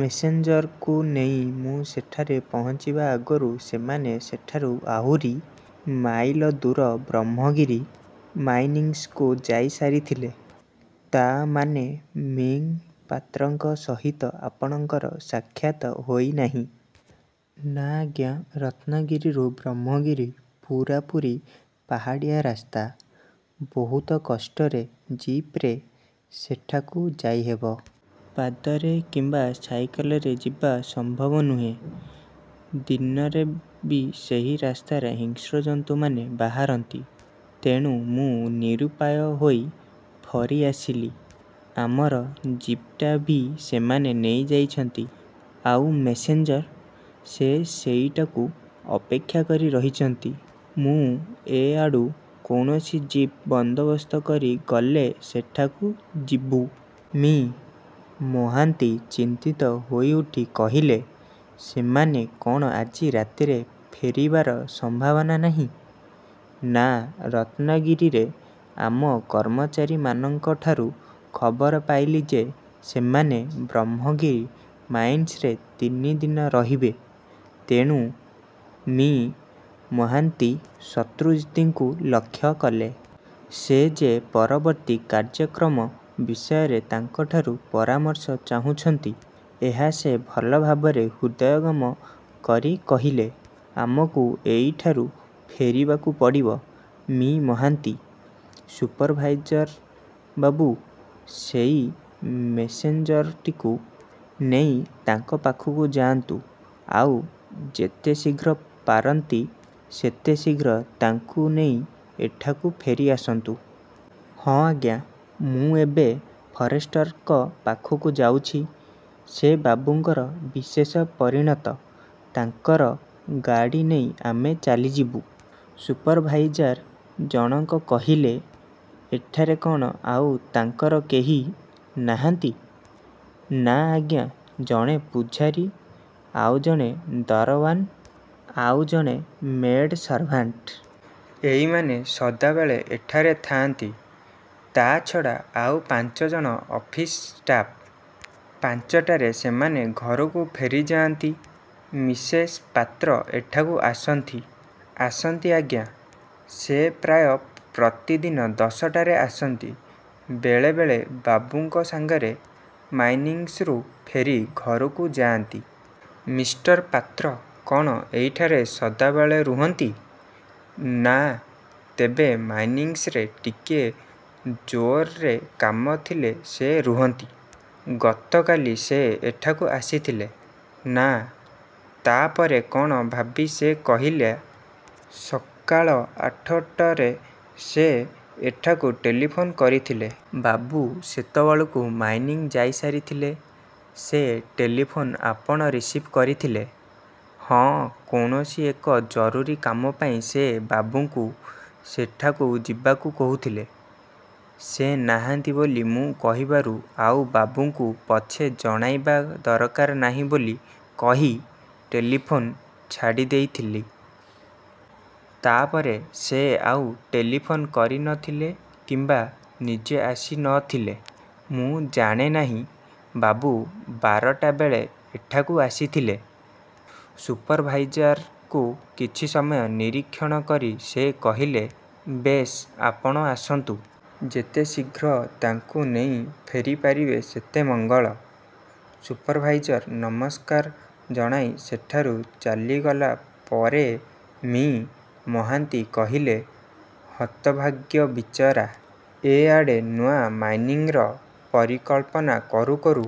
ମେସେଞ୍ଜରକୁ ନେଇ ମୁଁ ସେଠାରେ ପହଞ୍ଚିବା ଆଗରୁ ସେମାନେ ସେଠାରୁ ଆହୁରି। ମାଇଲ ଦୂର ବ୍ରହ୍ମଗିରି ମାଇନିଂସକୁ ଯାଇସାରିଥିଲେ। ' 'ତା' ମାନେ, ମି: ପାତ୍ରଙ୍କ ସହିତ ଆପଣଙ୍କର ସାକ୍ଷାତ ହେଇନାହିଁ? ' 'ନା, ଆଜ୍ଞା! ରତ୍ନଗିରିରୁ ବ୍ରହ୍ମଗିରି ପୂରାପୁରି ପାହାଡ଼ିଆ ରାସ୍ତା। ବହୁତ କଷ୍ଟରେ ଜିପ୍ରେ ସେଠାକୁ ଯାଇହେବ। ପାଦରେ କିମ୍ୱା ସାଇକେଲରେ ଯିବା ସମ୍ଭବ ନୁହେଁ। ଦିନରେ ବି ସେହି ରାସ୍ତାରେ ହିଂସ୍ରଜନ୍ତୁମାନେ ବାହାରନ୍ତି। ତେଣୁ ମୁଁ ନିରୁପାୟ ହୋଇ ଫରିଆସିଲି। ଆମର ଜିପ୍ଟା ବି ସେମାନେ ନେଇଯାଇଛନ୍ତି। ' 'ଆଉ ମେସେଞ୍ଜର? ' 'ସେ ସେଇଠାକୁ ଅପେକ୍ଷା କରି ରହିଛନ୍ତି। ମୁଁ ଏଆଡ଼ୁ କୌଣସି ଜିପ୍ ବନ୍ଦୋବସ୍ତ କରି ଗଲେ ସେଠାକୁ ଯିବୁଁ। ' ମି: ମହାନ୍ତି ଚିନ୍ତିତ ହୋଇଉଠି କହିଲେ, 'ସେମାନେ କଣ ଆଜି ରାତିରେ ଫେରିବାର ସମ୍ଭାବନା ନାହିଁ? ' 'ନା। ' ରତ୍ନଗିରିରେ ଆମ କର୍ମଚାରୀମାନଙ୍କଠାରୁ ଖବର ପାଇଲି ଯେ ସେମାନେ ବ୍ରହ୍ମଗିରି ମାଇନ୍ସରେ ତିନି ଦିନ ରହିବେ। ତେଣୁ' ମି: ମହାନ୍ତି ଶତ୍ରୁଜିତଙ୍କୁ ଲକ୍ଷ୍ୟ କଲେ। ସେ ଯେ ପରିବର୍ତ୍ତୀ କାର୍ଯ୍ୟକ୍ରମ ବିଷୟରେ ତାଙ୍କଠାରୁ ପରାର୍ମଶ ଚାହୁଁଛନ୍ତି ଏହା ସେ ଭଲ ଭାବରେ ହୃଦୟଙ୍ଗମ କରି କହିଲେ, 'ଆମକୁ ଏଇଠାରୁ ଫେରିବାକୁ ପଡ଼ିବ, ମି: ମହାନ୍ତି! ସୁପରଭାଇଜାରବାବୁ ସେଇ ମେସେଞ୍ଜରଟିକୁ ନେଇ ତାଙ୍କ ପାଖକୁ ଯାଆନ୍ତୁ, ଆଉ ଯେତେ ଶୀଘ୍ର ପାରନ୍ତି ସେତେ ଶୀଘ୍ର ତାଙ୍କୁ ନେଇ ଏଠାକୁ ଫେରି ଆସନ୍ତୁ। ' 'ହଁ ଆଜ୍ଞା, ମୁଁ ଏବେ ଫରେଷ୍ଟରଙ୍କ ପାଖକୁ ଯାଉଛି। ସେ ବାବୁଙ୍କର ବିଶେଷ ପରିଣତ-। ତାଙ୍କର ଗାଡ଼ି ନେଇ ଆମେ ଚାଲିଯିବୁଁ। ' ସୁପରଭାଇଜାର ଜଣକ କହିଲେ। 'ଏଠାରେ କ'ଣ ଆଉ ତାଙ୍କର କେହି। ନାହାନ୍ତି? ' 'ନା-ଆଜ୍ଞା! ଜଣେ ପୁଝାରୀ, ଆଉଜଣେ ଦରଓ୍ୟାନ ଆଉ ଜଣେ ମେଡ଼୍ ସାର୍ଭେଣ୍ଟ। ଏଇମାନେ ସଦାବେଳେ ଏଠାରେ ଥାଆନ୍ତି। ତା'ଛଡ଼ା ଆଉ ପାଞ୍ଚଜଣ ଅଫିସ ଷ୍ଟାଫ୍। ପାଞ୍ଚଟାରେ ସେମାନେ ଘରକୁ ଫେରିଯାଆନ୍ତି। ' 'ମିସେସ ପାତ୍ର ଏଠାକୁ ଆସନ୍ତି? ' 'ଆସନ୍ତି, ଆଜ୍ଞା! ସେ ପ୍ରାୟ ପ୍ରତିଦିନ ଦଶଟାରେ ଆସନ୍ତି। ବେଳେବେଳେ ବାବୁଙ୍କ ସାଙ୍ଗରେ ମାଇନିଂସରୁ ଫେରି ଘରକୁ ଯାଆନ୍ତି। ' 'ମିଷ୍ଟର ପାତ୍ର କଣ ଏଇଠାରେ ସଦାବେଳେ ରହନ୍ତୁ? ' 'ନା, ତେବେ ମାଇନିଂସରେ ଟିକିଏ ଜୋରରେ କାମ ଥିଲେ ସେ ରହନ୍ତି। ' 'ଗତ କାଲି ସେ ଏଠାକୁ ଆସିଥିଲେ? ' 'ନା। ତାପରେ କ'ଣ ଭାବି ସେ କହିଲା, 'ସକାଳ ଆଠଟରେ ସେ ଏଠାକୁ ଟେଲିଫୋନ୍ କରିଥିଲେ। ବାବୁ ସେତେବେଳକୁ ମାଇନିଂ ଯାଇସାରିଥିଲେ। ' 'ସେ ଟେଲିଫୋନ ଆପଣ ରିସିଭ୍ କରିଥିଲେ? ' 'ହିଁ, କୌଣସି ଏକ ଜରୁରୀ କାମ ପାଇଁ ସେ ବାବୁଙ୍କୁ ସେଠାକୁ ଯିବାକୁ କହୁଥିଲେ। ସେ ନାହାନ୍ତି ବୋଲି ମୁଁ କହିବାରୁ ଆଉ ବାବୁଙ୍କୁ ପଛେ ଜଣାଇବା ଦରକାର ନାହିଁ ବୋଲି କହି ଟେଲିଫୋନ ଛାଡ଼ିଦେଇଥିଲେ। ' 'ତା'ପରେ ସେ ଆଉ ଟେଲିଫୋନ କରି ନ ଥିଲେ କିମ୍ୱା ନିଜେ ଆସି ନ ଥିଲେ? ' 'ମୁଁ ଜାଣେ ନାହିଁ। ବାବୁ ବାରଟା ବେଳେ ଏଠାକୁ ଆସିଥିଲେ। ' ସୁପରଭାଇଜାରଙ୍କୁ କିଛି ସମୟ ନିରୀକ୍ଷଣ କରି ସେ କହିଲେ, 'ବେଶ୍ ଆପଣ ଆସନ୍ତୁ। ଯେତେ ଶୀଘ୍ର ତାଙ୍କୁ ନେଇ ଫେରିପାରିବେ ସେତେ ମଙ୍ଗଳ। ' ସୁପରଭାଇଜର ନମସ୍କାର ଜଣାଇ ସେଠାରୁ ଚାଲିଗଲା ପରେ ମି: ମହାନ୍ତି କହିଲେ, 'ହତଭାଗ୍ୟ ବିଚରା, ଏଆଡ଼େ ନୂଆ ମାଇନିଙ୍ଗର ପରିକଳ୍ପନା କରୁ କରୁ